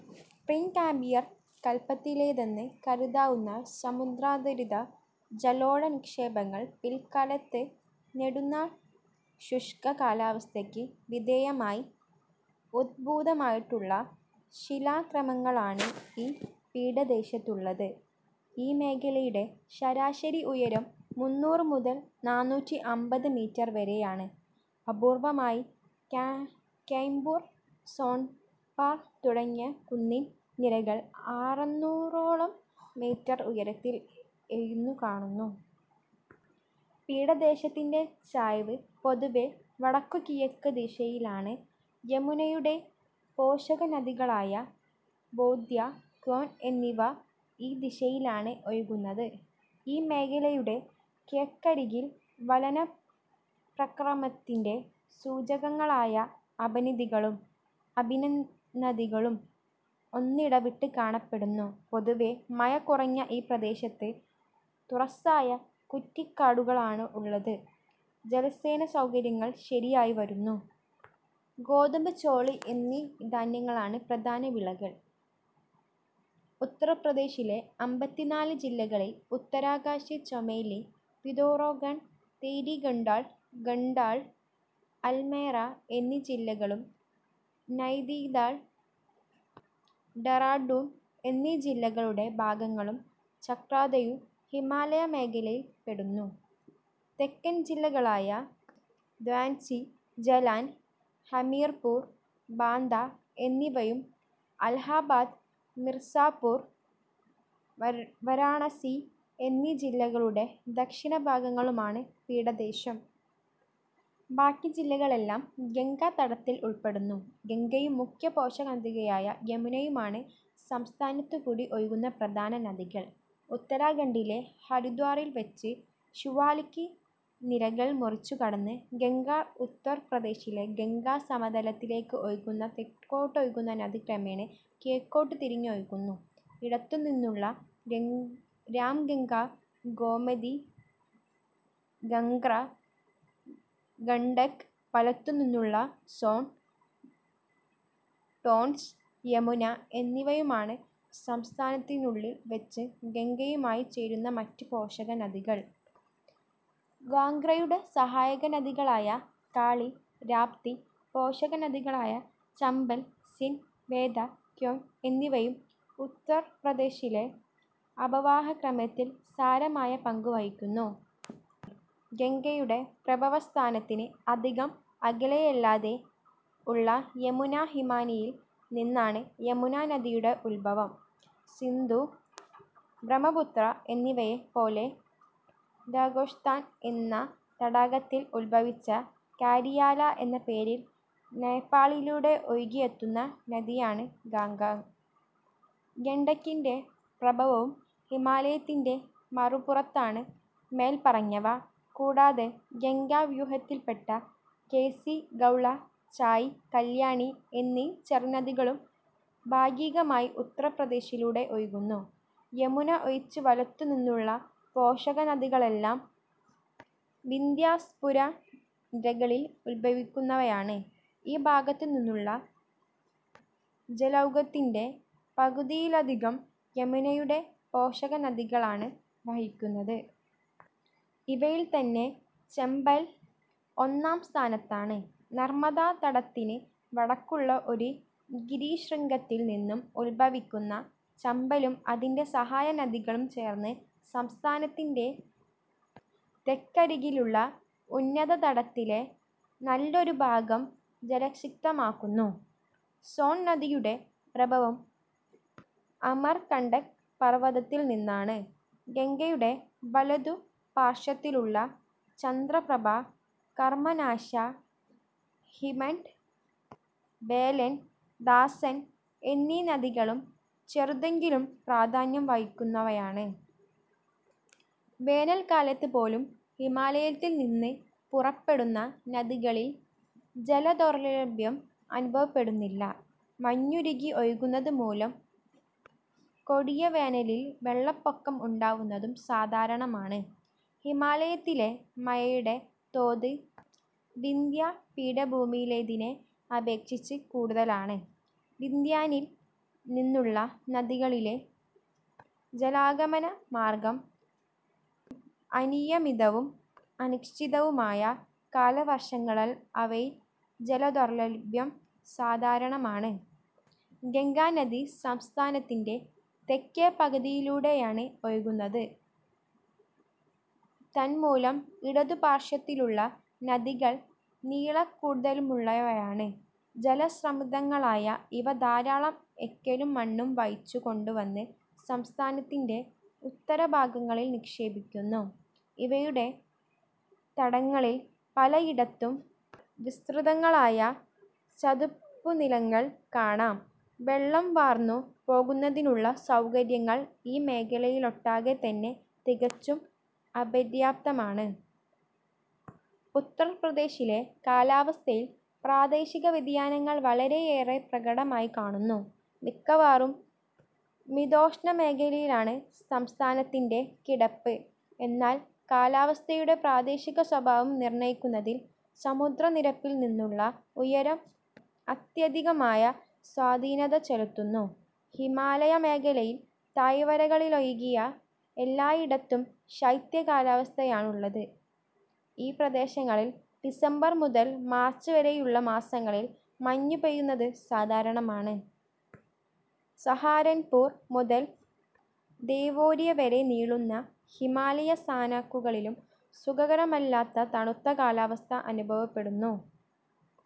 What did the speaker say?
Pre Cambrian കൽപ്പത്തിലേതെന്ന് കരുതാവുന്ന സമുദ്രാന്തരിത ജലോഢ നിക്ഷേപങ്ങൾ പിൽക്കാലത്ത് നെടുനാൾ ശുഷ്ക കാലാവസ്ഥയ്ക്ക് വിധേയമായി ഉദ്ഭൂതമായിട്ടുള്ള ശിലാക്രമങ്ങളാണ് ഈ പീഠദേശത്തുള്ളത്. ഈ മേഖലയുടെ ശരാശരി ഉയരം മൂന്നൂറ് മുതൽ നാനൂറ്റി അമ്പത് മീറ്റർ വരെയാണ്. അപൂർവമായി കയിംപൂർ, സോൺപാർ തുടങ്ങിയ കുന്നിൻ നിരകൾ ആറന്നൂറോളം മീറ്റർ ഉയരത്തിൽ എഴുന്നു കാണുന്നു. പീഠദേശത്തിൻ്റെ ചായ്‌വ് പൊതുവേ വടക്കുകിഴക്ക് ദിശയിലാണ്. യമുനയുടെ പോഷകനദികളായ ബേത്വ, കേൻ എന്നിവ ഈ ദിശയിലാണ് ഒഴുകുന്നത്. ഈ മേഖലയുടെ കിഴക്കരികിൽ വലന പ്രക്രമത്തിൻ്റെ സൂചകങ്ങളായ അപനതികളും അഭിനദികളും ഒന്നിടവിട്ട് കാണപ്പെടുന്നു. പൊതുവേ മഴ കുറഞ്ഞ ഈ പ്രദേശത്ത് തുറസ്സായ കുറ്റിക്കാടുകളാണ് ഉള്ളത്. ജലസേചന സൗകര്യങ്ങൾ ശരിയായി വരുന്നു. ഗോതമ്പ്, ചോളം എന്നീ ധാന്യങ്ങളാണ് പ്രധാന വിളകൾ. ഉത്തർപ്രദേശിലെ അമ്പത്തിനാല് ജില്ലകളിൽ ഉത്തരകാശി, ചമോലി, പിതോറാഗഡ്, തേരീഗഡ്വാൾ, ഗഡ്വാൾ, അൽമോറ എന്നീ ജില്ലകളും നൈനീതാൾ, ഡെറാഡൂൺ എന്നീ ജില്ലകളുടെ ഭാഗങ്ങളും ചക്രാതയും ഹിമാലയ മേഖലയിൽ പെടുന്നു. തെക്കൻ ജില്ലകളായ ഝാൻസി, ജലാൻ, ഹമീർപൂർ, ബാന്ദ എന്നിവയും അലഹബാദ്, മിർസാപൂർ, വരാണസി എന്നീ ജില്ലകളുടെ ദക്ഷിണ ഭാഗങ്ങളുമാണ് പീഠദേശം. ബാക്കി ജില്ലകൾ എല്ലാം ഗംഗാതടത്തിൽ ഉൾപ്പെടുന്നു. ഗംഗയും മുഖ്യ പോഷകനദിയായ യമുനയുമാണ് സംസ്ഥാനത്തു കൂടി ഒഴുകുന്ന പ്രധാന നദികൾ. ഉത്തരാഖണ്ഡിലെ ഹരിദ്വാറിൽ വച്ച് ശിവാലിക് നിരകൾ മുറിച്ചു കടന്ന്, ഗംഗ, ഉത്തർപ്രദേശിലെ ഗംഗാ സമതലത്തിലേക്ക് ഒഴുകുന്നു. തെക്കോട്ടൊഴുകുന്ന നദി ക്രമേണ കിഴക്കോട്ട് തിരിഞ്ഞ് ഒഴുകുന്നു. ഇടത്തു നിന്നുള്ള രാംഗംഗ, ഗോമതി, ഘാഘ്ര, ഗണ്ഡക്, വലത്തു നിന്നുള്ള സോൺ, ടോൺസ്, യമുന എന്നിവയുമാണ് സംസ്ഥാനത്തിനുള്ളിൽ വച്ച് ഗംഗയുമായി ചേരുന്ന മറ്റു പോഷകനദികൾ. ഘാഘ്രയുടെ സഹായക നദികളായ കാളി, രാപ്തി എന്നിവയും യമുനയുടെ പോഷകനദികളായ ചംബൽ, സിന്ധ്, ബേത്വ, കേൻ എന്നിവയും ഉത്തർപ്രദേശിലെ അപവാഹ ക്രമത്തിൽ സാരമായ പങ്കു വഹിക്കുന്നു. ഗംഗയുടെ പ്രഭവസ്ഥാനത്തിന് അധികം അകലെയല്ലാതെ ഉള്ള യമുനാ ഹിമാനിയിൽ നിന്നാണ് യമുനാ നദിയുടെ ഉദ്ഭവം. സിന്ധു, ബ്രഹ്മപുത്ര എന്നിവയെ പോലെ രാകേഷ്താൽ എന്ന തടാകത്തിൽ ഉദ്ഭവിച്ച് കാരിയാല എന്ന പേരിൽ നേപ്പാളിലൂടെ ഒഴുകി എത്തുന്ന നദിയാണ് ഘാഘ്ര. ഗണ്ഡക്കിൻ്റെ പ്രഭവവും ഹിമാലയത്തിൻ്റെ മറുപുറത്താണ്. മേൽപ്പറഞ്ഞവ കൂടാതെ ഗംഗാ വ്യൂഹത്തിൽപ്പെട്ട കോസി, ഗൗള, സായി, കല്യാണി എന്നീ ചെറുനദികളും ഭാഗികമായി ഉത്തർപ്രദേശിലൂടെ ഒഴുകുന്നു. യമുന ഒഴിച്ച് വലത്തു നിന്നുള്ള പോഷകനദികളെല്ലാം വിന്ധ്യാ സത്പുരാ നിരകളിൽ ഉദ്ഭവിക്കുന്നവയാണ്. ഈ ഭാഗത്തു നിന്നുള്ള ജലൗഘത്തിൻ്റെ പകുതിയിലധികം യമുനയുടെ പോഷകനദികളാണ് വഹിക്കുന്നത്. ഇവയിൽത്തന്നെ ചംബൽ ഒന്നാം സ്ഥാനത്താണ്. നർമദാ തടത്തിന് വടക്കുള്ള ഒരു ഗിരിശൃംഗത്തിൽ നിന്നും ഉദ്ഭവിക്കുന്ന ചംബലും അതിൻ്റെ സഹായ നദികളും ചേർന്ന് സംസ്ഥാനത്തിൻ്റെ തെക്കരികിലുള്ള ഉന്നത തടത്തിലെ നല്ലൊരു ഭാഗം ജലസിക്തമാക്കുന്നു. സോൺ നദിയുടെ പ്രഭവം അമർകണ്ടക് പർവതത്തിൽ നിന്നാണ്. ഗംഗയുടെ വലതു പാർശ്വത്തിലുള്ള ചന്ദ്രപ്രഭ, കർമനാശ, റിഹൻഡ്, ബേലൻ, ദാസൻ എന്നീ നദികളും ചെറുതെങ്കിലും പ്രാധാന്യം വഹിക്കുന്നവയാണ്. വേനൽക്കാലത്ത് പോലും ഹിമാലയത്തിൽ നിന്ന് പുറപ്പെടുന്ന നദികളിൽ ജലദൗർലഭ്യം അനുഭവപ്പെടുന്നില്ല. മഞ്ഞുരുകി ഒഴുകുന്നത് മൂലം കൊടിയ വേനലിൽ വെള്ളപ്പൊക്കം ഉണ്ടാവുന്നതും സാധാരണമാണ്. ഹിമാലയത്തിലെ മഴയുടെ തോത് വിന്ധ്യാ പീഠഭൂമിയിലേതിനെ അപേക്ഷിച്ച് കൂടുതലാണ്. വിന്ധ്യനിൽ നിന്നുള്ള നദികളിലെ ജലാഗമന മാർഗ്ഗം അനിയമിതവും അനിശ്ചിതവുമായ കാലവർഷങ്ങളാൽ അവയിൽ ജലദൗർലഭ്യം സാധാരണമാണ്. ഗംഗാനദി സംസ്ഥാനത്തിൻ്റെ തെക്കേ പകുതിയിലൂടെയാണ് ഒഴുകുന്നത്. തന്മൂലം ഇടതു പാർശ്വത്തിലുള്ള നദികൾ നീളക്കൂടുതലുള്ളവയാണ്. ജലസമൃദ്ധങ്ങളായ ഇവ ധാരാളം എക്കലും മണ്ണും വഹിച്ചു കൊണ്ടുവന്ന് സംസ്ഥാനത്തിൻ്റെ ഉത്തര ഭാഗങ്ങളിൽ നിക്ഷേപിക്കുന്നു. ഇവയുടെ തടങ്ങളിൽ പലയിടത്തും വിസ്തൃതങ്ങളായ ചതുപ്പുനിലങ്ങൾ കാണാം. വെള്ളം വാർന്നു പോകുന്നതിനുള്ള സൗകര്യങ്ങൾ ഈ മേഖലയിലൊട്ടാകെത്തന്നെ തികച്ചും അപര്യാപ്തമാണ്. ഉത്തർപ്രദേശിലെ കാലാവസ്ഥയിൽ പ്രാദേശിക വ്യതിയാനങ്ങൾ വളരെയേറെ പ്രകടമായി കാണുന്നു. മിക്കവാറും മിതോഷ്ണ മേഖലയിലാണ് സംസ്ഥാനത്തിൻ്റെ കിടപ്പ്, എന്നാൽ കാലാവസ്ഥയുടെ പ്രാദേശിക സ്വഭാവം നിർണയിക്കുന്നതിൽ സമുദ്രനിരപ്പിൽ നിന്നുള്ള ഉയരം അത്യധികമായ സ്വാധീനത ചെലുത്തുന്നു. ഹിമാലയ മേഖലയിൽ താഴ്‌വരകളിലൊഴികെ എല്ലായിടത്തും ശൈത്യ കാലാവസ്ഥയാണുള്ളത്. ഈ പ്രദേശങ്ങളിൽ ഡിസംബർ മുതൽ മാർച്ച് വരെയുള്ള മാസങ്ങളിൽ മഞ്ഞുപെയ്യുന്നത് സാധാരണമാണ്. സഹാരൻപൂർ മുതൽ ദേവോരിയ വരെ നീളുന്ന ഹിമാലയ സാനുക്കളിലും സുഖകരമല്ലാത്ത തണുത്ത കാലാവസ്ഥ അനുഭവപ്പെടുന്നു.